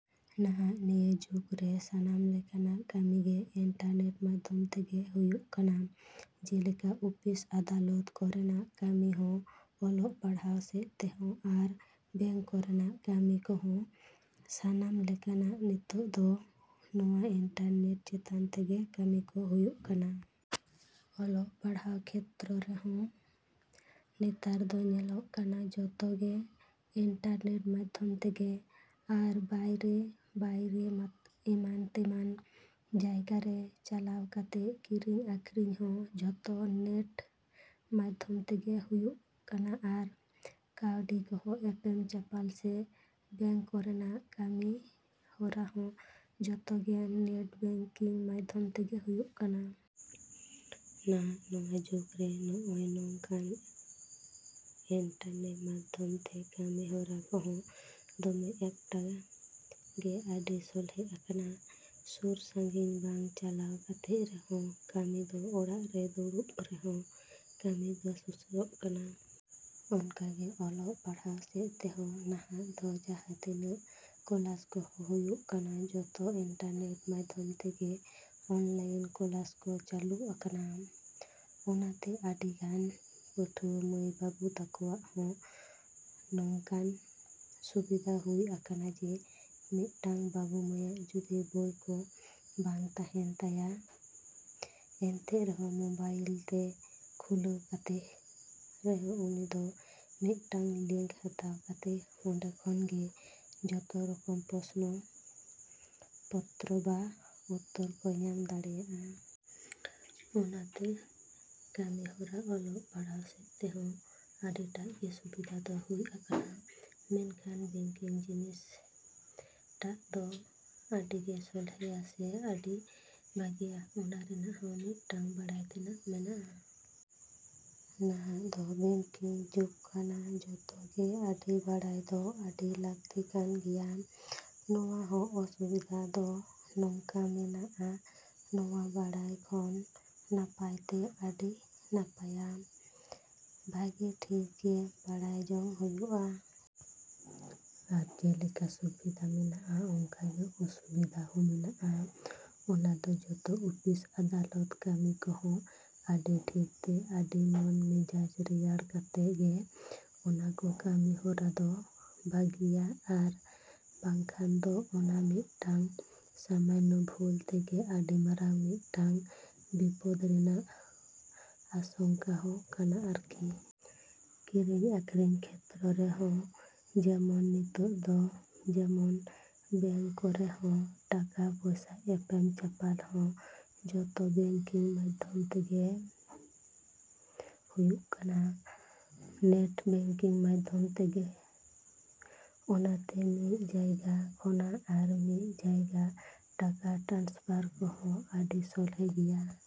ᱱᱟᱦᱟᱜ ᱱᱤᱭᱟᱹ ᱡᱩᱜᱽ ᱨᱮ ᱥᱟᱱᱟᱢ ᱞᱮᱠᱟᱱᱟᱜ ᱠᱟᱹᱢᱤ ᱜᱮ ᱤᱱᱴᱟᱨᱱᱮᱴ ᱢᱟᱫᱷᱚᱢ ᱛᱮᱜᱮ ᱦᱩᱭᱩᱜ ᱠᱟᱱᱟ᱾ ᱡᱮᱞᱮᱠᱟ ᱚᱯᱷᱤᱥ, ᱟᱫᱟᱞᱚᱛ ᱠᱚᱨᱮᱱᱟᱜ ᱠᱟᱹᱢᱤ ᱦᱚᱸ, ᱚᱞᱚᱜ ᱯᱟᱲᱦᱟᱣ ᱥᱮᱫ ᱛᱮᱦᱚᱸ ᱟᱨ ᱵᱮᱝᱠ ᱠᱚᱨᱮᱱᱟᱜ ᱠᱟᱹᱢᱤ ᱠᱚᱦᱚᱸ ᱥᱟᱱᱟᱢ ᱜᱮ ᱱᱤᱛᱚᱜ ᱫᱚ ᱱᱚᱣᱟ ᱤᱱᱴᱟᱨᱱᱮᱴ ᱪᱮᱛᱟᱱ ᱛᱮᱜᱮ ᱠᱟᱹᱢᱤ ᱠᱚ ᱦᱩᱭᱩᱜ ᱠᱟᱱᱟ᱾ ᱚᱞᱚᱜ ᱯᱟᱲᱦᱟᱜ ᱠᱷᱮᱛᱨᱚ ᱦᱚᱸ ᱱᱮᱛᱟᱨ ᱫᱚ ᱧᱮᱞᱚᱜ ᱠᱟᱱᱟ ᱡᱚᱛᱚ ᱜᱮ ᱤᱱᱴᱟᱨᱱᱮᱴ ᱢᱟᱫᱷᱚᱢ ᱛᱮᱜᱮ᱾ ᱟᱨ ᱵᱟᱭᱨᱮ-ᱵᱟᱭᱨᱮ ᱮᱢᱟᱱ ᱛᱮᱢᱟᱱ ᱡᱟᱭᱜᱟ ᱨᱮ ᱪᱟᱞᱟᱣ ᱠᱟᱛᱮ ᱠᱤᱨᱤᱧ ᱟᱠᱷᱨᱤᱧ ᱦᱚᱸ ᱡᱚᱛᱚ ᱱᱮᱴ ᱢᱟᱫᱷᱚᱢ ᱛᱮᱜᱮ ᱦᱩᱭᱩᱜ ᱠᱟᱱᱟ ᱟᱨ ᱠᱟᱹᱣᱰᱤ ᱠᱚᱦᱚᱸ ᱮᱯᱮᱢ ᱪᱟᱯᱟᱞ ᱥᱮ ᱵᱮᱝᱠ ᱠᱚᱨᱮᱱᱟᱜ ᱠᱟᱹᱢᱤ ᱦᱚᱨᱟ ᱦᱚᱸ ᱡᱚᱛᱚ ᱜᱮ ᱱᱮᱴ ᱵᱮᱝᱠᱤᱝ ᱢᱟᱫᱷᱚᱢ ᱛᱮᱜᱮ ᱦᱩᱭᱩᱜ ᱠᱟᱱᱟ᱾ ᱱᱟᱦᱟᱜ ᱱᱚᱣᱟ ᱡᱩᱜᱽ ᱨᱮ ᱱᱚᱜᱼᱚᱭ ᱱᱚᱝᱠᱟᱱ ᱤᱱᱴᱟᱨᱱᱮᱴ ᱢᱟᱫᱷᱚᱢ ᱛᱮ ᱠᱟᱹᱢᱤ ᱦᱚᱨᱟ ᱠᱚᱦᱚᱸ ᱫᱚᱢᱮ ᱮᱠᱴᱟ ᱜᱮ ᱟᱹᱰᱤ ᱥᱚᱦᱚᱞᱮ ᱟᱠᱟᱱᱟ᱾ ᱥᱩᱨ-ᱥᱟᱺᱜᱤᱧ ᱵᱟᱝ ᱪᱟᱞᱟᱣ ᱠᱟᱛᱮ ᱨᱮᱦᱚᱸ ᱠᱟᱹᱢᱤ ᱫᱚ ᱚᱲᱟᱜ ᱨᱮ ᱫᱩᱲᱩᱵ ᱨᱮᱦᱚᱸ ᱠᱟᱹᱢᱤ ᱫᱚ ᱥᱩᱥᱟᱹᱨᱚᱜ ᱠᱟᱱᱟ᱾ ᱚᱱᱠᱟ ᱜᱮ ᱚᱞᱚᱜ ᱯᱟᱲᱦᱟᱣ ᱥᱮᱫ ᱛᱮᱦᱚᱸ ᱱᱟᱦᱟᱜ ᱫᱚ ᱡᱟᱦᱟᱸ ᱛᱤᱱᱟᱹᱜ ᱠᱞᱟᱥ ᱠᱚᱦᱚᱸ ᱦᱩᱭᱩᱜ ᱠᱟᱱᱟ ᱡᱚᱛᱚ ᱤᱱᱴᱟᱨᱱᱮᱴ ᱢᱟᱫᱷᱚᱢ ᱛᱮᱜᱮ ᱚᱱᱞᱟᱭᱤᱱ ᱠᱞᱟᱥ ᱠᱚ ᱪᱟᱹᱞᱩ ᱟᱠᱟᱱᱟ᱾ ᱚᱱᱟ ᱛᱮ ᱟᱹᱰᱤ ᱜᱟᱱ ᱯᱟᱹᱴᱷᱩᱭᱟᱹ ᱵᱟᱹᱵᱩᱼᱢᱟᱹᱭ ᱛᱟᱠᱚᱣᱟᱜ ᱦᱚᱸ ᱱᱚᱝᱠᱟᱱ ᱥᱩᱵᱤᱫᱟ ᱦᱩᱭ ᱟᱠᱟᱱᱟ ᱡᱮ ᱢᱤᱫᱴᱟᱹᱝ ᱵᱟᱹᱵᱩᱼᱢᱟᱹᱭᱟᱜ ᱡᱩᱫᱤ ᱵᱚᱭ ᱠᱚ ᱵᱟᱝ ᱛᱟᱦᱮᱱ ᱛᱟᱭᱟ ᱮᱱᱛᱮ ᱨᱮᱦᱚᱸ ᱢᱚᱵᱟᱭᱤᱞ ᱛᱮ ᱠᱷᱩᱞᱟᱹᱣ ᱠᱟᱛᱮ ᱨᱮᱦᱚᱸ ᱩᱱᱤ ᱫᱚ ᱢᱤᱫᱴᱟᱝ ᱞᱤᱝᱠ ᱦᱟᱛᱟᱣ ᱠᱟᱛᱮ ᱚᱸᱰᱮ ᱠᱷᱚᱱ ᱜᱮ ᱡᱚᱛᱚ ᱨᱚᱠᱚᱢ ᱯᱚᱥᱱᱚ ᱯᱚᱛᱨᱚ ᱵᱟ ᱩᱛᱛᱚᱨ ᱠᱚᱭ ᱧᱟᱢ ᱫᱟᱲᱮᱭᱟᱜᱼᱟ᱾ ᱚᱱᱟ ᱛᱮ ᱠᱟᱹᱢᱤ ᱦᱚᱨᱟ ᱚᱞᱚᱜ ᱯᱟᱲᱦᱟᱣ ᱥᱮᱫ ᱛᱮᱦᱚᱸ ᱟᱹᱰᱤ ᱴᱟᱜ ᱜᱮ ᱥᱩᱵᱤᱫᱟ ᱫᱚ ᱦᱩᱭ ᱟᱠᱟᱱᱟ᱾ ᱢᱮᱱᱠᱷᱟᱱ ᱵᱮᱝᱠᱤᱝ ᱡᱤᱱᱤᱥ ᱴᱟᱜ ᱫᱚ ᱟᱹᱰᱤ ᱜᱮ ᱥᱚᱞᱦᱮᱭᱟ ᱥᱮ ᱟᱹᱰᱤ ᱵᱷᱟᱹᱜᱤᱭᱟ᱾ ᱚᱱᱟ ᱨᱮᱱᱟᱜ ᱦᱚᱸ ᱢᱤᱫᱴᱟᱹᱝ ᱵᱟᱲᱟᱭ ᱛᱮᱱᱟᱜ ᱢᱮᱱᱟᱜᱼᱟ᱾ ᱱᱟᱦᱟᱜ ᱫᱚ ᱵᱮᱝᱠᱤᱝ ᱡᱩᱜᱽ ᱠᱟᱱᱟ, ᱡᱚᱛᱚ ᱜᱮ ᱟᱹᱰᱤ ᱵᱟᱲᱟᱭ ᱫᱚ ᱟᱹᱰᱤ ᱞᱟᱹᱠᱛᱤ ᱠᱟᱱ ᱜᱮᱭᱟ᱾ ᱱᱚᱣᱟ ᱦᱚᱸ ᱚᱥᱩᱵᱤᱫᱟ ᱫᱚ ᱱᱚᱝᱠᱟ ᱢᱮᱱᱟᱜᱼᱟ, ᱱᱚᱣᱟ ᱵᱟᱲᱟᱭ ᱠᱷᱚᱱ ᱱᱟᱯᱟᱭ ᱛᱮ ᱟᱹᱰᱤ ᱱᱟᱯᱟᱭᱟ᱾ ᱵᱷᱟᱹᱜᱤ ᱴᱷᱤᱠ ᱜᱮ ᱵᱟᱲᱟᱭ ᱡᱚᱝ ᱦᱩᱭᱩᱜᱼᱟ᱾ ᱟᱨ ᱡᱮᱞᱮᱠᱟ ᱥᱩᱵᱤᱫᱟ ᱢᱮᱱᱟᱜᱼᱟ ᱚᱱᱠᱟ ᱜᱮ ᱚᱥᱩᱵᱤᱫᱟ ᱦᱚᱸ ᱢᱮᱱᱟᱜᱼᱟ᱾ ᱚᱱᱟ ᱫᱚ ᱡᱚᱛᱚ ᱚᱯᱷᱤᱥ, ᱟᱫᱟᱞᱚᱛ ᱠᱟᱹᱢᱤ ᱠᱚᱦᱚᱸ ᱟᱹᱰᱤ ᱴᱷᱤᱠ ᱛᱮ, ᱟᱹᱰᱤ ᱢᱚᱱ ᱢᱮᱡᱟᱡᱽ ᱨᱮᱭᱟᱲ ᱠᱟᱛᱮ ᱜᱮ ᱚᱱᱟ ᱠᱚ ᱠᱟᱹᱢᱤ ᱦᱚᱨᱟ ᱫᱚ ᱵᱷᱟᱹᱜᱤᱭᱟ ᱟᱨ ᱵᱟᱝᱠᱷᱟᱱ ᱫᱚ ᱚᱱᱟ ᱢᱤᱫᱴᱟᱝ ᱥᱟᱢᱟᱱᱱᱚ ᱵᱷᱩᱞ ᱛᱮᱜᱮ ᱟᱹᱰᱤ ᱢᱟᱨᱟᱝ ᱢᱤᱫᱴᱟᱝ ᱵᱤᱯᱚᱫ ᱨᱮᱱᱟᱜ ᱟᱥᱚᱝᱠᱟ ᱦᱚᱸ ᱠᱟᱱᱟ ᱟᱨᱠᱤ᱾ ᱠᱤᱨᱤᱧ ᱟᱠᱷᱨᱤᱧ ᱠᱷᱮᱛᱨᱮ ᱨᱮᱦᱚᱸ ᱡᱮᱢᱚᱱ ᱱᱤᱛᱚᱜ ᱫᱚ ᱡᱮᱢᱚᱱ ᱵᱮᱝᱠ ᱠᱚᱨᱮ ᱦᱚᱸ ᱴᱟᱠᱟ ᱯᱩᱭᱥᱟᱹ ᱮᱯᱮᱢ ᱪᱟᱯᱟᱞ ᱦᱚᱸ ᱡᱚᱛᱚ ᱵᱮᱝᱠᱤᱝ ᱢᱟᱫᱷᱚᱢ ᱛᱮᱜᱮ ᱦᱩᱭᱩᱜ ᱠᱟᱱᱟ, ᱱᱮᱴ ᱵᱮᱝᱠᱤᱝ ᱢᱟᱫᱷᱚᱢ ᱛᱮᱜᱮ᱾ ᱚᱱᱟ ᱛᱮ ᱢᱤᱫ ᱡᱟᱭᱜᱟ ᱠᱷᱚᱱᱟᱜ ᱟᱨ ᱢᱤᱫ ᱡᱟᱭᱜᱟ ᱴᱟᱠᱟ ᱴᱨᱟᱱᱥᱯᱟᱨ ᱠᱚᱦᱚᱸ ᱟᱹᱰᱤ ᱥᱚᱦᱚᱞᱮ ᱜᱮᱭᱟ᱾